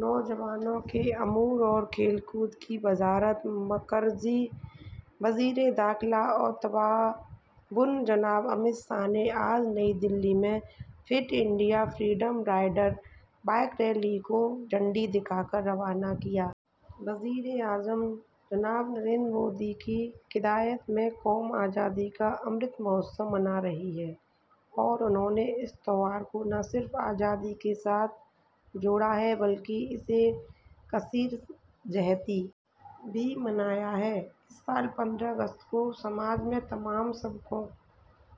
نوجوانوں کے امور اور کھیل کود کی وزارت مرکزی وزیر داخلہ اور تعاون جناب امت شاہ نے آج نئی دہلی میں fit India freedom rider biker rally کو جھنڈی دکھا کر روانہ کیا وزیر اعظم جناب نریندر مودی کی قیادت میں قوم آزادی کا امرت مہوتسو منا رہی ہے اور انہوں نے اس تہوار کو نہ صرف آزادی کے ساتھ جوڑا ہے بلکہ اسے کثیر جہتی بھی بنایا ہے اس سال پندرہ اگست کو سماج کے تمام طبقوں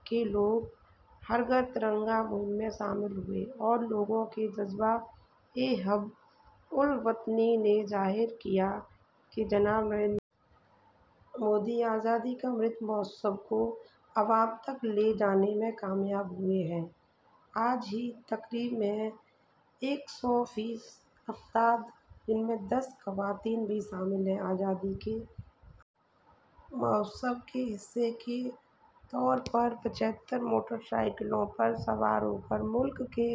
کے لوگ ہر گھر ترنگا مہم میں شامل ہوئے اور لوگوں کے جذبہ حب الوطنی نے ظاہر کیا کہ جناب نریندر مودی آزادی کا امرت مہوتسو کو عوام تک لے جانے میں کامیاب ہوئے ہیں آج کی اس تقریب میں ایک سو بیس افراد جن میں دس خواتین بھی شامل ہیں آزادی کے امرت مہوتسو کے حصے کے طور پر پچھتر موٹر سائیکلوں پر سوار ہو کر ملک کے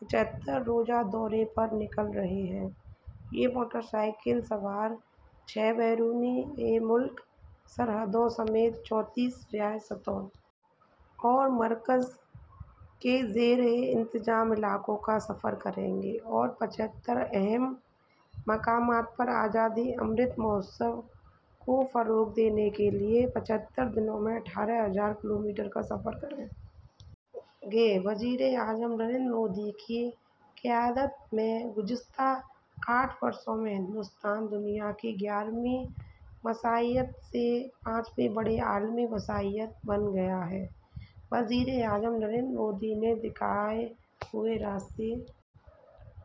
پچھتر روزہ دورے پر نکل رہے ہیں یہ موٹر سائیکل سوار چھ بین الاقوامی سرحدوں سمیت چونتیس ریاستوں اور مرکز کے زیر انتظام علاقوں کا سفر کریں گے اور پچھتر اہم مقامات پر آزادی کا امرت مہوتسو کو فروغ دینے کے لیے پچھتر دنوں میں اٹھارہ ہزار کلومیٹر کا سفر کریں گے وزیر اعظم نریندر مودی کی قیادت میں گزشتہ آٹھ برسوں میں ہندوستان دنیا کی گیارہویں معیشت سے پانچویں بڑی عالمی معیشت بن گیا ہے وزیر اعظم نریندر مودی کے دکھائے ہوئے راستے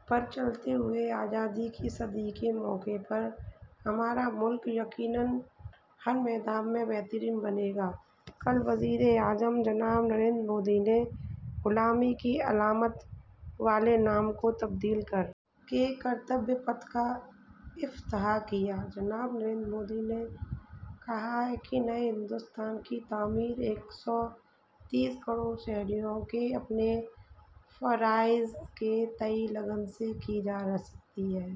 پر چلتے ہوئے آزادی کی صدی کے موقع پر ہمارا ملک یقیناً ہر میدان میں بہترین بنے گا کل وزیر اعظم جناب نریندر مودی نے غلامی کی علامت والے نام کو تبدیل کر کے کرتویہ پتھ کا افتتاح کیا جناب نریندر مودی نے کہا کہ نئے ہندوستان کی تعمیر ایک سو تیس کروڑ شہریوں کے اپنے فرائض کے تئیں لگن سے ہی کی جا سکتی ہے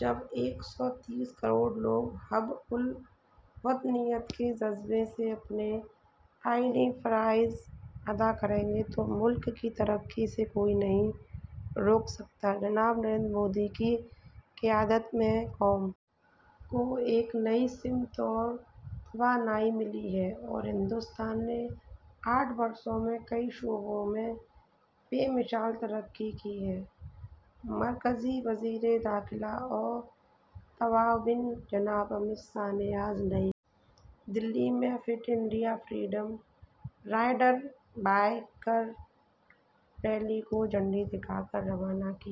جب ایک سو تیس کروڑ لوگ حب الوطنی کے جذبے سے اپنے آئینی فرائض انجام دیں گے تو ملک کو ترقی سے کوئی نہیں روک سکتا جناب نریندر مودی کی قیادت میں قوم کو ایک نئی سمت اور توانائی ملی ہے اور ہندوستان نے آٹھ برسوں میں کئی شعبوں میں بے مثال ترقی کی ہے مرکزی وزیر داخلہ اور تعاون جناب امت شاہ نے آج نئی دہلی میں fit India freedom rider biker rally کو جھنڈی دکھا کر روانہ کیا